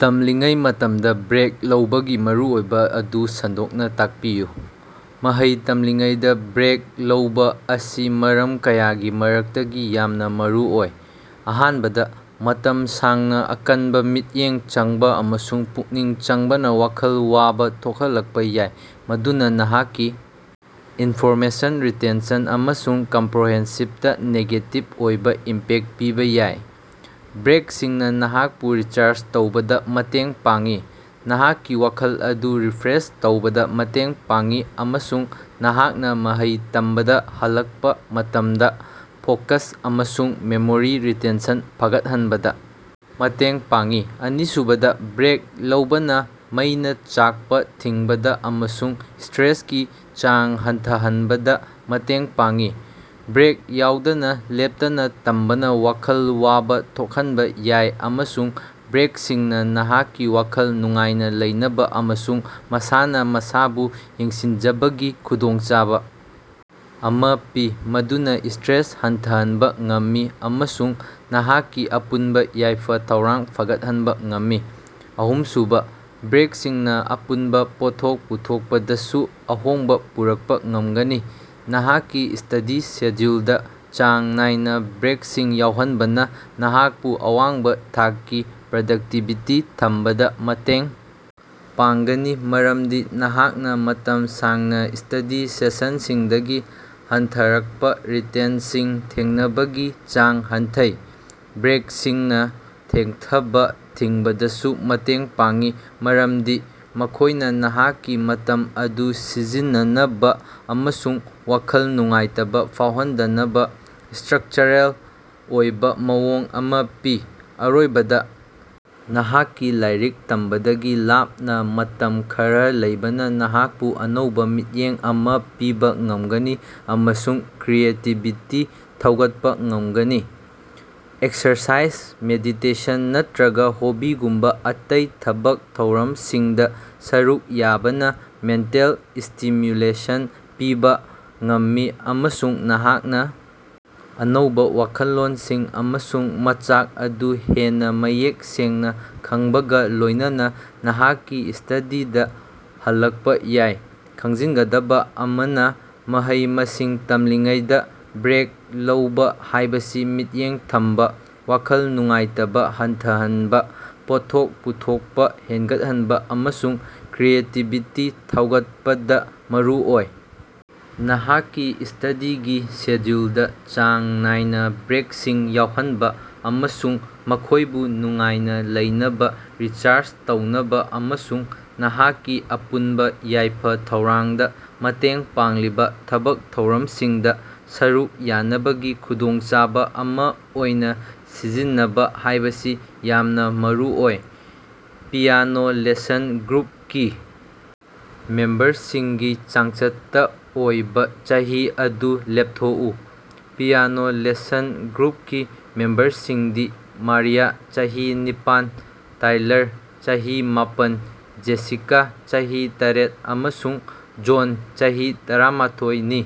ꯇꯝꯂꯤꯉꯩ ꯃꯇꯝꯗ ꯕ꯭ꯔꯦꯛ ꯂꯧꯕꯒꯤ ꯃꯔꯨꯑꯣꯏꯕ ꯑꯗꯨ ꯁꯟꯗꯣꯛꯅ ꯇꯥꯛꯄꯤꯌꯨ꯫ ꯃꯍꯩ ꯇꯝꯂꯤꯉꯩꯗ ꯕ꯭ꯔꯦꯛ ꯂꯧꯕ ꯑꯁꯤ ꯃꯔꯝ ꯀꯌꯥꯒꯤ ꯃꯔꯛꯇꯒꯤ ꯌꯥꯝꯅ ꯃꯔꯨꯑꯣꯏ꯫ ꯑꯍꯥꯟꯕꯗ, ꯃꯇꯝ ꯁꯥꯡꯅ ꯑꯀꯟꯕ ꯃꯤꯠꯌꯦꯡ ꯆꯪꯕ ꯑꯃꯁꯨꯡ ꯄꯨꯛꯅꯤꯡ ꯆꯪꯕꯅ ꯋꯥꯈꯜ ꯋꯥꯕ ꯊꯣꯛꯍꯜꯂꯛꯄ ꯌꯥꯏ, ꯃꯗꯨꯅ ꯅꯍꯥꯛꯀꯤ ꯏꯟꯐꯣꯔꯃꯦꯁꯟ ꯔꯤꯇꯦꯟꯁꯟ ꯑꯃꯁꯨꯡ ꯀꯝꯄ꯭ꯔꯣꯍꯦꯟꯁꯤꯞꯇ ꯅꯦꯒꯦꯇꯤꯚ ꯑꯣꯏꯕ ꯏꯝꯄꯦꯛ ꯄꯤꯕ ꯌꯥꯏ꯫ ꯕ꯭ꯔꯦꯛꯁꯤꯡꯅ ꯅꯍꯥꯛꯄꯨ ꯔꯤꯆꯥꯔꯖ ꯇꯧꯕꯗ ꯃꯇꯦꯡ ꯄꯥꯡꯏ, ꯅꯍꯥꯛꯀꯤ ꯋꯥꯈꯜ ꯑꯗꯨ ꯔꯤꯐ꯭ꯔꯦꯁ ꯇꯧꯕꯗ ꯃꯇꯦꯡ ꯄꯥꯡꯏ ꯑꯃꯁꯨꯡ ꯅꯍꯥꯛꯅ ꯃꯍꯩ ꯇꯝꯕꯗ ꯍꯜꯂꯛꯄ ꯃꯇꯝꯗ ꯐꯣꯀꯁ ꯑꯃꯁꯨꯡ ꯃꯦꯃꯣꯔꯤ ꯔꯤꯇꯦꯟꯁꯟ ꯐꯒꯠꯍꯟꯕꯗ ꯃꯇꯦꯡ ꯄꯥꯡꯏ꯫ ꯑꯅꯤꯁꯨꯕꯗ, ꯕ꯭ꯔꯦꯛ ꯂꯧꯕꯅ ꯃꯩꯅ ꯆꯥꯛꯄ ꯊꯤꯡꯕꯗ ꯑꯃꯁꯨꯡ ꯁꯇ꯭ꯔꯦꯁꯀꯤ ꯆꯥꯡ ꯍꯟꯊꯍꯟꯕꯗ ꯃꯇꯦꯡ ꯄꯥꯡꯏ꯫ ꯕ꯭ꯔꯦꯛ ꯌꯥꯎꯗꯅ ꯂꯦꯞꯇꯅ ꯇꯝꯕꯅ ꯋꯥꯈꯜ ꯋꯥꯕ ꯊꯣꯛꯍꯟꯕ ꯌꯥꯏ ꯑꯃꯁꯨꯡ ꯕ꯭ꯔꯦꯛꯁꯤꯡꯅ ꯅꯍꯥꯛꯀꯤ ꯋꯥꯈꯜ ꯅꯨꯡꯉꯥꯏꯅ ꯂꯩꯅꯕ ꯑꯃꯁꯨꯡ ꯃꯁꯥꯅ ꯃꯁꯥꯕꯨ ꯌꯦꯡꯁꯤꯟꯖꯕꯒꯤ ꯈꯨꯗꯣꯡꯆꯥꯕ ꯑꯃ ꯄꯤ, ꯃꯗꯨꯅ ꯁꯇ꯭ꯔꯦꯁ ꯍꯟꯊꯍꯟꯕ ꯉꯝꯃꯤ ꯑꯃꯁꯨꯡ ꯅꯍꯥꯛꯀꯤ ꯑꯄꯨꯟꯕ ꯌꯥꯏꯐ-ꯊꯧꯔꯥꯡ ꯐꯒꯠꯍꯟꯕ ꯉꯝꯃꯤ꯫ ꯑꯍꯨꯝꯁꯨꯕ, ꯕ꯭ꯔꯦꯛꯁꯤꯡꯅ ꯑꯄꯨꯟꯕ ꯄꯣꯠꯊꯣꯛ ꯄꯨꯊꯣꯛꯄꯗꯁꯨ ꯑꯍꯣꯡꯕ ꯄꯨꯔꯛꯄ ꯉꯝꯒꯅꯤ꯫ ꯅꯍꯥꯛꯀꯤ ꯁ꯭ꯇꯗꯤ ꯁꯦꯗ꯭ꯌꯨꯜꯗ ꯆꯥꯡ ꯅꯥꯏꯅ ꯕ꯭ꯔꯦꯛꯁꯤꯡ ꯌꯥꯎꯍꯟꯕꯅ ꯅꯍꯥꯛꯄꯨ ꯑꯋꯥꯡꯕ ꯊꯥꯛꯀꯤ ꯄ꯭ꯔꯗꯛꯇꯤꯕꯤꯇꯤ ꯊꯝꯕꯗ ꯃꯇꯦꯡ ꯄꯥꯡꯒꯅꯤ, ꯃꯔꯝꯗꯤ ꯅꯍꯥꯛꯅ ꯃꯇꯝ ꯁꯥꯡꯅ ꯁ꯭ꯇꯗꯤ ꯁꯦꯁꯟꯁꯤꯡꯗꯒꯤ ꯍꯟꯊꯔꯛꯄ ꯔꯤꯇꯦꯟꯁꯤꯡ ꯊꯦꯡꯅꯕꯒꯤ ꯆꯥꯡ ꯍꯟꯊꯩ꯫ ꯕ꯭ꯔꯦꯛꯁꯤꯡꯅ ꯊꯦꯡꯊꯕ ꯊꯤꯡꯕꯗꯁꯨ ꯃꯇꯦꯡ ꯄꯥꯡꯏ, ꯃꯔꯝꯗꯤ ꯃꯈꯣꯏꯅ ꯅꯍꯥꯛꯀꯤ ꯃꯇꯝ ꯑꯗꯨ ꯁꯤꯖꯤꯟꯅꯅꯕ ꯑꯃꯁꯨꯡ ꯋꯥꯈꯜ ꯅꯨꯡꯉꯥꯏꯇꯕ ꯐꯥꯎꯍꯟꯗꯅꯕ ꯁꯇ꯭ꯔꯛꯆꯔꯦꯜ ꯑꯣꯏꯕ ꯃꯑꯣꯡ ꯑꯃ ꯄꯤ꯫ ꯑꯔꯣꯏꯕꯗ, ꯅꯍꯥꯛꯀꯤ ꯂꯥꯏꯔꯤꯛ ꯇꯝꯕꯗꯒꯤ ꯂꯥꯞꯅ ꯃꯇꯝ ꯈꯔ ꯂꯩꯕꯅ ꯅꯍꯥꯛꯄꯨ ꯑꯅꯧꯕ ꯃꯤꯠꯌꯦꯡ ꯑꯃ ꯄꯤꯕ ꯉꯝꯒꯅꯤ ꯑꯃꯁꯨꯡ ꯀ꯭ꯔꯤꯌꯦꯇꯤꯕꯤꯇꯤ ꯊꯧꯒꯠꯄ ꯉꯝꯒꯅꯤ꯫ ꯑꯦꯛꯁꯔꯁꯥꯏꯖ, ꯃꯦꯗꯤꯇꯦꯁꯟ ꯅꯠꯇ꯭ꯔꯒ ꯍꯣꯕꯤꯒꯨꯝꯕ ꯑꯇꯩ ꯊꯕꯛ ꯊꯧꯔꯝ ꯁꯤꯡꯗ ꯁꯔꯨꯛ ꯌꯥꯕꯅ ꯃꯦꯟꯇꯦꯜ ꯁ꯭ꯇꯤꯃ꯭ꯌꯨꯂꯦꯁꯟ ꯄꯤꯕ ꯉꯝꯃꯤ ꯑꯃꯁꯨꯡ ꯅꯍꯥꯛꯅ ꯑꯅꯧꯕ ꯋꯥꯈꯜꯂꯣꯟꯁꯤꯡ ꯑꯃꯁꯨꯡ ꯃꯆꯥꯛ ꯑꯗꯨ ꯍꯦꯟꯅ ꯃꯌꯦꯛ ꯁꯦꯡꯅ ꯈꯪꯕꯒ ꯂꯣꯏꯅꯅ ꯅꯍꯥꯛꯀꯤ ꯁ꯭ꯇꯗꯤꯗ ꯍꯜꯂꯛꯄ ꯌꯥꯏ꯫ ꯈꯪꯖꯤꯟꯒꯗꯕ ꯑꯃꯅ, ꯃꯍꯩ-ꯃꯁꯤꯡ ꯇꯝꯂꯤꯉꯩꯗꯥ ꯕ꯭ꯔꯦꯛ ꯂꯧꯕ ꯍꯥꯏꯕꯁꯤ ꯃꯤꯠꯌꯦꯡ ꯊꯝꯕ, ꯋꯥꯈꯜ ꯅꯨꯡꯉꯥꯏꯇꯕ ꯍꯟꯊꯍꯟꯕ, ꯄꯣꯠꯊꯣꯛ ꯄꯨꯊꯣꯛꯄ ꯍꯦꯟꯒꯠꯍꯟꯕ ꯑꯃꯁꯨꯡ ꯀ꯭ꯔꯤꯌꯦꯇꯤꯕꯤꯇꯤ ꯊꯧꯒꯠꯄꯗ ꯃꯔꯨꯑꯣꯏ꯫ ꯅꯍꯥꯛꯀꯤ ꯁ꯭ꯇꯗꯤꯒꯤ ꯁꯦꯗ꯭ꯌꯨꯜꯗ ꯆꯥꯡ ꯅꯥꯏꯅ ꯕ꯭ꯔꯦꯛꯁꯤꯡ ꯌꯥꯎꯍꯟꯕ ꯑꯃꯁꯨꯡ ꯃꯈꯣꯏꯕꯨ ꯅꯨꯡꯉꯥꯏꯅ ꯂꯩꯅꯕ, ꯔꯤꯆꯥꯔꯖ ꯇꯧꯅꯕ ꯑꯃꯁꯨꯡ ꯅꯍꯥꯛꯀꯤ ꯑꯄꯨꯟꯕ ꯌꯥꯏꯐ-ꯊꯧꯔꯥꯡꯗ ꯃꯇꯦꯡ ꯄꯥꯡꯂꯤꯕ ꯊꯕꯛ ꯊꯧꯔꯝꯁꯤꯡꯗ ꯁꯔꯨꯛ ꯌꯥꯅꯕꯒꯤ ꯈꯨꯗꯣꯡꯆꯥꯕ ꯑꯃ ꯑꯣꯏꯅ ꯁꯤꯖꯤꯟꯅꯕ ꯍꯥꯏꯕꯁꯤ ꯌꯥꯝꯅ ꯃꯔꯨꯑꯣꯏ꯫ "ꯄꯤꯌꯥꯅꯣ ꯂꯦꯁꯟ ꯒ꯭ꯔꯨꯞ"ꯀꯤ ꯃꯦꯝꯕꯔꯁꯤꯡꯒꯤ ꯆꯥꯡꯆꯠꯇ ꯑꯣꯏꯕ ꯆꯍꯤ ꯑꯗꯨ ꯂꯦꯞꯊꯣꯛꯎ꯫ "ꯄꯤꯌꯥꯅꯣ ꯂꯦꯁꯟ ꯒ꯭ꯔꯨꯞ"ꯀꯤ ꯃꯦꯝꯕꯔꯁꯤꯡꯗꯤ ꯃꯥꯔꯤꯌꯥ (ꯆꯍꯤ ꯅꯤꯄꯥꯟ), ꯇꯥꯏꯂꯔ (ꯆꯍꯤ ꯃꯥꯄꯟ), ꯖꯦꯁꯤꯀꯥ (ꯆꯍꯤ ꯇꯔꯦꯠ) ꯑꯃꯁꯨꯡ ꯖꯣꯟ (ꯆꯍꯤ ꯇꯔꯥꯃꯥꯊꫭꯏ)ꯅꯤ꯫